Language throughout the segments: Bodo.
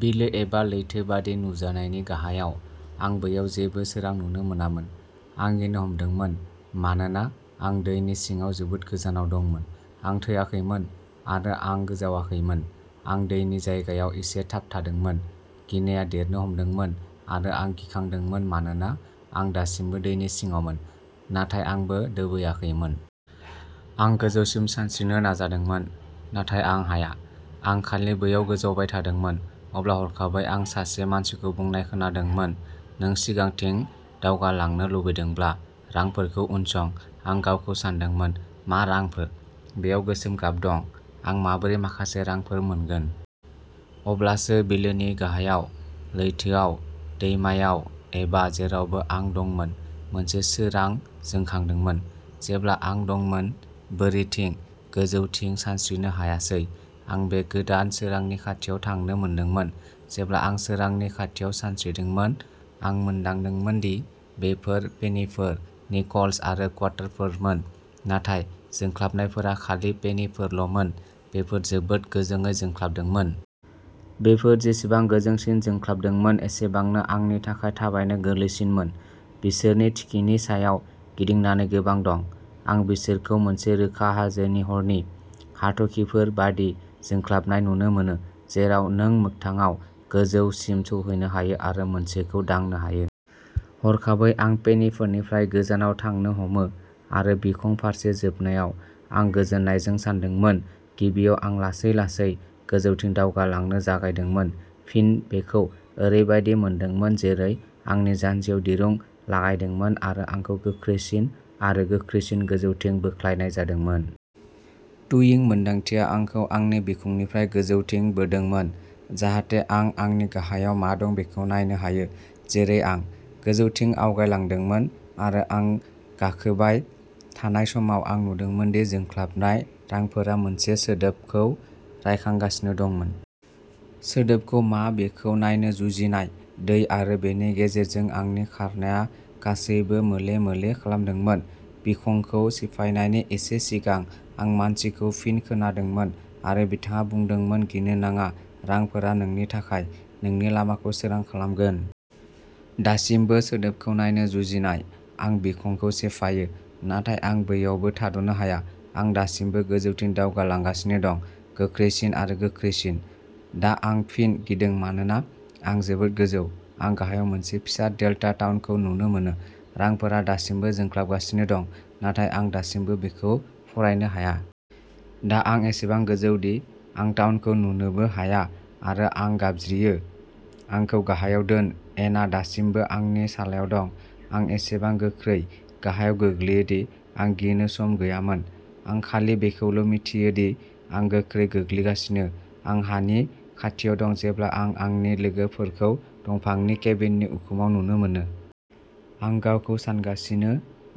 बिलो एबा लैथो बायदि नुजानायनि गाहायाव आं बैयाव जेबो सोरां नुनो मोनामोन। आं गिनो हमदोंमोन मानोना आं दैनि सिङाव जोबोद गोजानाव दंमोन आं थैयाखैमोन आरो आं गोजावाखैमोन आं दैनि जायगायाव एसे थाबथादोंमोन। गिनाया देरनो हमदोंमोन आरो आं गिखांदोंमोन मानोना आं दासिमबो दैनि सिङावमोन, नाथाय आंबो दोबैाखैमोन। आं गोजौसिम सानस्रिनो नाजादोंमोन, नाथाय आं हाया, आं खालि बैयाव गोजावबाय थादोंमोन। अब्ला, हरखाबै आं सासे मानसिखौ बुंनाय खोनादोंमोन नों सिगांथिं दावगालांनो लुबैदोंब्ला, रांफोरखौ उनसं। आं गावखौ सानदोंमोन मा रांफोर, बेयाव गोसोम गाब दं, आं माबोरै माखासे रांफोर मोनगोन? अब्लासो बिलोनि गाहायाव, लैथोआव, दैमायाव, एबा जेरावबो आं दंमोन मोनसे सोरां जोंखांदोंमोन। जेब्ला आं दंमोन बोरिथिं गोजौथिं सानस्रिनो हायासै, आं बे गोदान सोरांनि खाथियाव थांनो मोनदोंमोन। जेब्ला आं सोरांनि खाथियाव सानस्रिदोंमोन आं मोनदांदोंमोन दि बेफोर पेनिफोर, निकल्स आरो कुवार्टारफोरमोन नाथाय जोंख्लाबनायफोरा खालि पेनिफोरल'मोन बेफोर जोबोद गोजोंयै जोंख्लाबदोंमोन। बेफोर जेसेबां गोजोंसिन जोंख्लाबदोंमोन एसेबांनो आंनि थाखाय थाबायनो गोरलैसिनमोन। बिसोरनि थिखिनि सायाव गिदिंनानै गोबां दं। आं बिसोरखौ मोनसे रोखा हाजोनि हरनि हाथरखिफोर बायदि जोंख्लाबनाय नुनो मोनो जेराव नों मोगथाङाव गोजौसिम सौहैनो हायो आरो मोनसेखौ दांनो हायो। हरखाबै आं पेनिफोरनिफ्राय गोजानाव थांनो हमो आरो बिखं फारसे जोबनायाव आं गोजोननायजों सानदोंमोन। गिबियाव आं लासै लासै गोजौथिं दावगालांनो जागायदोंमोन फिन बेखौ ओरैबायदि मोनदोंमोन जेरै आंनि जान्जियाव दिरुं लागायदोंमोन आरो आंखौ गोख्रैसिन आरो गोख्रैसिन गोजौथिं बोख्लायनाय जादोंमोन। टुविं मोनदांथिया आंखौ आंनि बिखुंनिफ्राय गोजौथिं बोदोंमोन, जाहाथे आं आंनि गाहायाव मा दं बेखौ नायनो हायो जेरै आं। गोजौथिं आवगायलांदोंमोन आरो आं गाखोबाय थानाय समाव, आं नुदोंमोन दि जोंख्लाबनाय रांफोरा मोनसे सोदोबखौ रायखांगासिनो दंमोन। सोदोबखौ मा बेखौ नायनो जुजिनाय, दै आरो बेनि गेजेरजों आंनि खारनाया गासैबो मोले मोले खालामदोंमोन। बिखंखौ सिफायनायनि एसे सिगां आं मानसिखौ फिन खोनादोंमोन आरो बिथाङा बुंदोंमोन गिनो नाङा रांफोरा नोंनि थाखाय नोंनि लामाखौ सोरां खालामगोन। दासिमबो सोदोबखौ नायनो जुजिनाय, आं बिखंखौ सिफायो नाथाय आं बैयावबो थाद'नो हाया आं दासिमबो गोजौथिं दावगालांगासिनो दं, गोख्रैसिन आरो गोख्रैसिन। दा आं फिन गिदों मानोना आं जोबोद गोजौ। आं गाहायाव मोनसे फिसा डेल्टा टाउनखौ नुनो मोनो, रांफोरा दासिमबो जोंख्लाबगासिनो दं, नाथाय आं दासिमबो बेखौ फरायनो हाया। दा आं एसेबां गोजौ दि आं टाउनखौ नुनोबो हाया आरो आं गाबज्रियो आंखौ गाहायाव दोन एन आ दासिमबो आंनि सालायाव दं, आं एसेबां गोख्रै गाहायाव गोग्लैयो दि आं गिनो सम गैयामोन। आं खालि बेखौल' मिथियो दि आं गोख्रै गोग्लैगासिनो आं हानि खाथियाव दं जेब्ला आं आंनि लोगोफोरखौ दंफांनि केबिननि उखुमाव नुनो मोनो। आं गावखौ सानगासिनो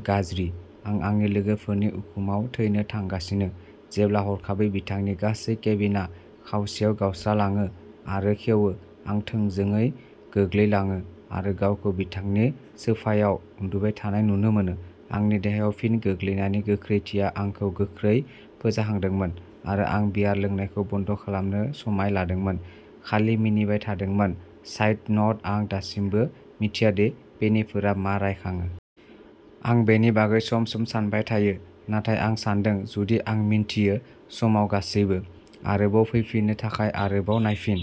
गाज्रि आं आंनि लोगोफोरनि उखुमाव थैनो थांगासिनो जेब्ला हरखाबै बिथांनि गासै केबिनआ खावसेयाव गावस्रालाङो आरो खेवो आं थोंजोङै गोग्लैलाङो आरो गावखौ बिथांनि सोफायाव उन्दुबाय थानाय नुनो मोनो। आंनि देहायाव फिन गोग्लैनायनि गोख्रैथिया आंखौ गोख्रै फोजाखांदोंमोन आरो आं बियार लोंनायखौ बन्द खालामनो समाय लादोंमोन खालि मिनिबाय थादोंमोन साइड नट आं दासिमबो मिथिया दि पेनिफोरा मा रायखाङो। आं बेनि बागै सम सम सानबाय थायो। नाथाय आं सान्दों जुदि आं मिन्थियो समाव गासैबो। आरोबाव फैफिननो थाखाय आरोबाव नायफिन।